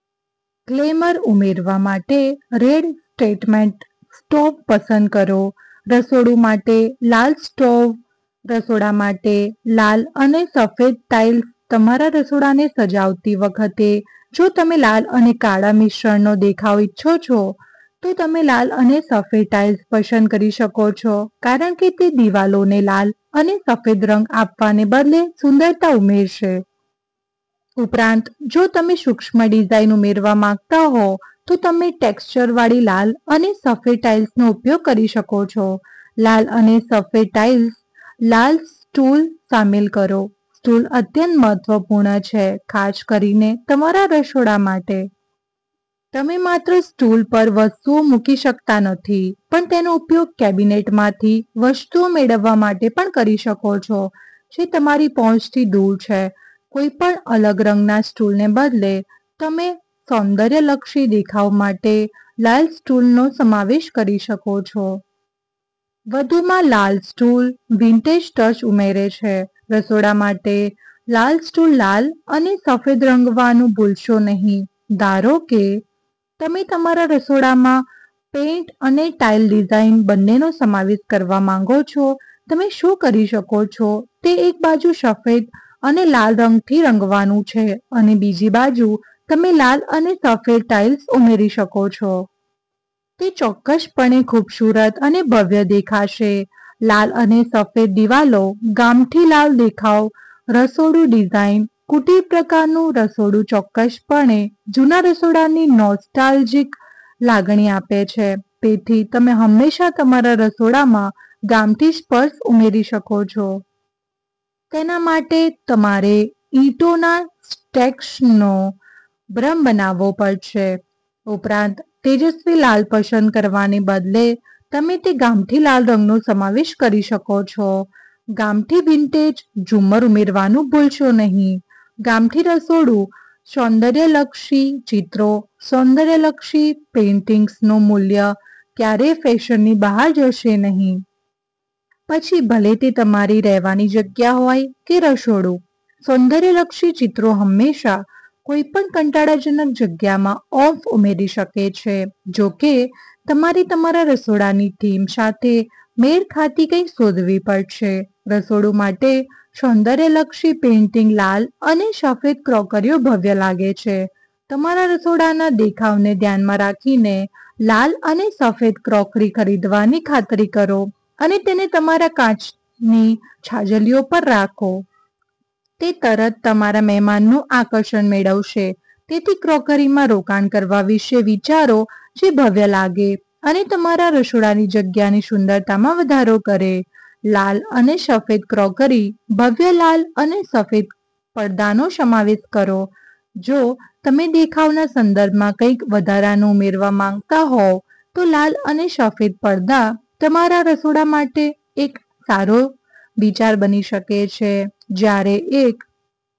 Glamour ઉમેરવા માટે red statement stove પસંદ કરો. રસોડું માટે લાલ સ્ટોવ રસોડા માટે લાલ અને સફેદ ટાઇલ્સ તમારા રસોડાને સજાવતી વખતે જો તમે લાલ અને કાળા મિશ્રણનો દેખાવ ઇચ્છો છો, તો તમે લાલ અને સફેદ ટાઇલ્સ પસંદ કરી શકો છો કારણ કે તે દિવાલોને લાલ અને સફેદ રંગ આપવાને બદલે સુંદરતા ઉમેરશે. ઉપરાંત, જો તમે સૂક્ષ્મ ડિઝાઇન ઉમેરવા માંગતા હો, તો તમે ટેક્ષ્ચરવાળી લાલ અને સફેદ ટાઇલ્સનો સમાવેશ કરી શકો છો. લાલ અને સફેદ ટાઇલ્સ લાલ સ્ટૂલ શામેલ કરો સ્ટૂલ અત્યંત મહત્વપૂર્ણ છે, ખાસ કરીને તમારા રસોડા માટે. તમે માત્ર સ્ટૂલ પરવસ્તુઓ મૂકી શકતા નથી પણ તેનો ઉપયોગ કેબિનેટમાંથી વસ્તુઓ મેળવવા માટે પણ કરી શકો છો જે તમારી પહોંચથી દૂર છે. કોઈપણ અલગ રંગના સ્ટૂલને બદલે, તમે સૌંદર્યલક્ષી દેખાવ માટે લાલ સ્ટૂલનો સમાવેશ કરી શકો છો. વધુમાં, લાલ સ્ટૂલ વિન્ટેજ ટચ ઉમેરે છે. રસોડા માટે લાલ સ્ટૂલ લાલ અને સફેદ રંગવાનું ભૂલશો નહીં ધારો કે તમે તમારા રસોડામાં પેઇન્ટ અને ટાઇલ ડિઝાઇન બંનેનો સમાવેશ કરવા માંગો છો. તમે શું કરી શકો છો તે એક બાજુ સફેદ અને લાલ રંગથી રંગવાનું છે અને બીજી બાજુ, તમે લાલ અને સફેદ ટાઇલ્સ ઉમેરી શકો છો. તે ચોક્કસપણે ખૂબસૂરત અને ભવ્ય દેખાશે. લાલ અને સફેદ દિવાલો ગામઠી લાલ દેખાવ રસોડું ડિઝાઇન કુટીર-પ્રકારનું રસોડું ચોક્કસપણે જૂના રસોડાની નોસ્ટાલ્જિક લાગણી આપે છે. તેથી, તમે હંમેશા તમારા રસોડામાં ગામઠી સ્પર્શ ઉમેરી શકો છો. તેના માટે, તમારે ઈંટોના સ્ટેક્સનો ભ્રમ બનાવવો પડશે. ઉપરાંત, તેજસ્વી લાલ પસંદ કરવાને બદલે, તમે તે ગામઠી લાલ રંગનો સમાવેશ કરી શકો છો. ગામઠી વિન્ટેજ ઝુમ્મર ઉમેરવાનું ભૂલશો નહીં. ગામઠી રસોડું સૌંદર્યલક્ષી ચિત્રો સૌંદર્યલક્ષી પેઇન્ટિંગ્સનું મૂલ્ય ક્યારેય ફેશનની બહાર જશે નહીં. પછી ભલે તે તમારી રહેવાની જગ્યા હોય કે રસોડું, સૌંદર્યલક્ષી ચિત્રો હંમેશા કોઈપણ કંટાળાજનક જગ્યામાં ઓમ્ફ ઉમેરી શકે છે. જો કે, તમારે તમારા રસોડાની થીમ સાથે મેળ ખાતી કંઈક શોધવી પડશે. રસોડું માટે સૌંદર્યલક્ષી પેઇન્ટિંગ લાલ અને સફેદ ક્રોકરીઓ ભવ્ય લાગે છે તમારા રસોડાના દેખાવને ધ્યાનમાં રાખીને, લાલ અને સફેદ ક્રોકરી ખરીદવાની ખાતરી કરો અને તેને તમારા કાચની છાજલીઓ પર રાખો. તે તરતતમારા મહેમાનનું આકર્ષણ મેળવશે. તેથી ક્રોકરીમાં રોકાણ કરવા વિશે વિચારો જે ભવ્ય લાગે અને તમારા રસોડાની જગ્યાની સુંદરતામાં વધારો કરે. લાલ અને સફેદ ક્રોકરી ભવ્ય લાલ અને સફેદ પડદાનો સમાવેશ કરો જો તમે દેખાવના સંદર્ભમાં કંઈક વધારાનું ઉમેરવા માંગતા હોવ તો લાલ અને સફેદ પડદા તમારા રસોડા માટે એક સારો વિચાર બની શકે છે. જ્યારેએક